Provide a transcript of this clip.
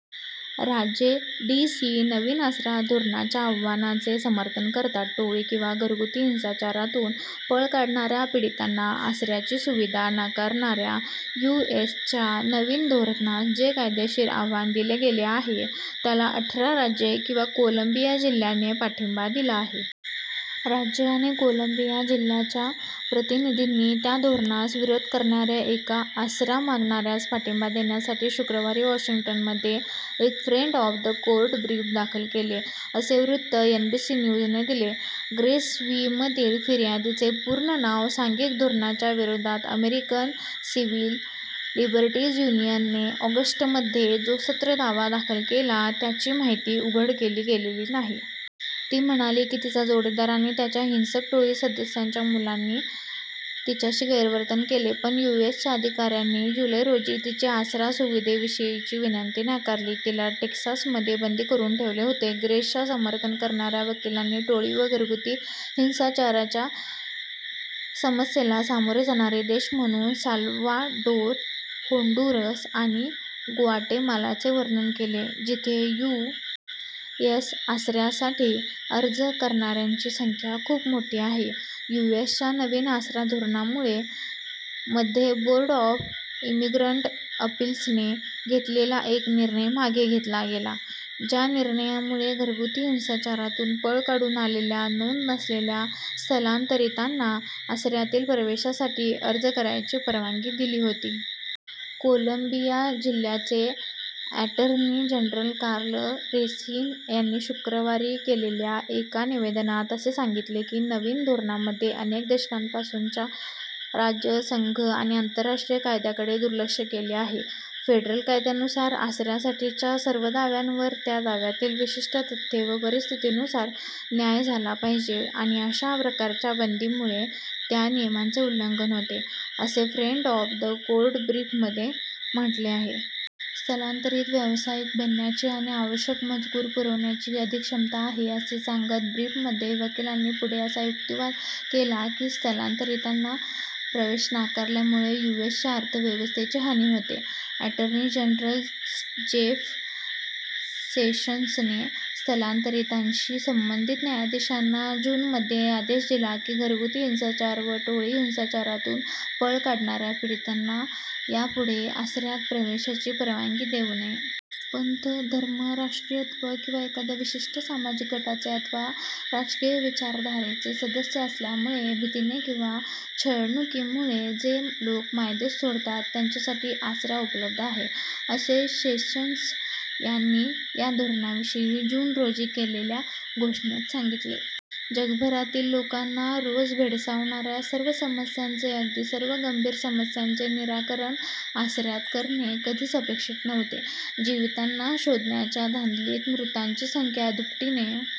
राज्ये, D. C. नवीन आसरा धोरणाच्या आव्हानाचे समर्थन करतात. टोळी किंवा घरगुती हिंसाचारातून पळ काढणाऱ्या पीडितांना आसऱ्याची सुविधा नाकारणाऱ्या यू. एस. च्या नवीन धोरणास जे कायदेशीर आव्हान दिले गेले आहे त्याला अठरा राज्ये आणि कोलंबिया जिल्ह्याने पाठिंबा दिला आहे. राज्ये आणि कोलंबिया जिल्ह्याच्या प्रतिनिधींनी, त्या धोरणास विरोध करणाऱ्या एका आसरा-मागणाऱ्यास पाठिंबा देण्यासाठी शुक्रवारी वॉशिंग्टनमध्ये एक फ्रेंड-ऑफ-द-कोर्ट ब्रीफ दाखल केले, असे वृत्त एनबीसी न्यूजने दिले. Grace v. मधील फिर्यादीचे पूर्ण नाव सांघिक धोरणाच्या विरोधात अमेरिकन सिव्हिल लिबर्टीज यूनियनने ऑगस्टमध्ये जो सत्र दावा दाखल केला त्याची माहिती उघड केली गेलेली नाही. ती म्हणाली की तिचा जोडीदार "आणि त्याच्या हिंसक टोळी सदस्याच्या मुलांंनी" तिच्याशी गैरवर्तन केले पण यू. एस. च्या अधिकाऱ्यांनी जुलै रोजी तिची आसरा सुविधेविषयीची विनंती नाकारली. तिला टेक्सासमध्ये बंदी करून ठेवले होते. ग्रेसचे समर्थन करणाऱ्या वकिलांनी टोळी व घरगुती हिंसाचाराच्या समस्येला सामोरे जाणारे देश म्हणून साल्वाडोर, होंडुरस आणि ग्वाटेमालाचे वर्णन केले, जिथे यू. एस. आसऱ्यासाठी अर्ज करणाऱ्यांची संख्या खूप मोठी आहे. यू. एस. च्या नवीन आसरा धोरणामुळे मध्ये बोर्ड ऑफ इमिग्रंट अपील्सने घेतलेला एक निर्णय मागे घेतला गेला, ज्या निर्णयामुळे घरगुती हिंसाचारातून पळ काढून आलेल्या, नोंद नसलेल्या स्थलांतरीतांना आसऱ्यातील प्रवेशासाठी अर्ज करायची परवानगी दिली होती. कोलंबिया जिल्ह्याचे अॅटर्नी जनरल कार्ल रेसिन यांनी शुक्रवारी केलेल्या एका निवेदनात असे सांगितले की नवीन धोरणामध्ये "अनेक दशकांपासूनच्या राज्य, संघ आणि आंतरराष्ट्रीय कायद्याकडे दुर्लक्ष केले आहे. " "फेडरल कायद्यानुसार आसऱ्यासाठीच्या सर्व दाव्यांवर, त्या दाव्यातील विशिष्ट तथ्ये व परिस्थितींनुसार न्याय झाला पाहिजे आणि अशा प्रकारच्या बंदीमुळे त्या नियमाचे उल्लंघन होते," असे फ्रेंड-ऑफ-द कोर्ट ब्रीफमध्ये म्हटले आहे. स्थलांतरीत व्यावसायिक बनण्याची आणि "आवश्यक मजूर पुरवण्याची" अधिक शक्यता आहे असे सांगत ब्रीफमध्ये वकिलांनी पुढे असा युक्तिवाद केला की स्थलांतरींताना प्रवेश नाकारल्यामुळे यू. एस. च्या अर्थव्यवस्थेची हानी होते अॅटर्नी जनरल जेफ सेशंसने स्थलांतरीतांशी संंबंधित न्यायाधीशांना जूनमध्ये आदेश दिला की घरगुती हिंसाचार व टोळी हिंसाचारातून पळ काढणाऱ्या पीडितांना यापुढे आसऱ्यात प्रवेशाची परवानगी देऊ नये. "पंथ, धर्म, राष्ट्रीयत्व किंवा एखाद्या विशिष्ट सामाजिक गटाचे अथवा राजकीय विचारधारेचे सदस्य असल्यामुळे भीतीने किंवा छळणुकीमुळे जे लोक मायदेश सोडतात त्यांच्यासाठी आसरा उपलब्ध आहे," असे सेशंस यांनी या धोरणाविषयी जून रोजी केलेल्या घोषणेत सांगितले. जगभरातील लोकांना रोज भेडसावणाऱ्या सर्व समस्यांचे -- अगदी सर्व गंभीर समस्यांचे -- निराकरण आसऱ्यात करणे कधीच अपेक्षित नव्हते. जीवितांना शोधण्याच्या धांदलीत मृतांची संख्या दुपटीने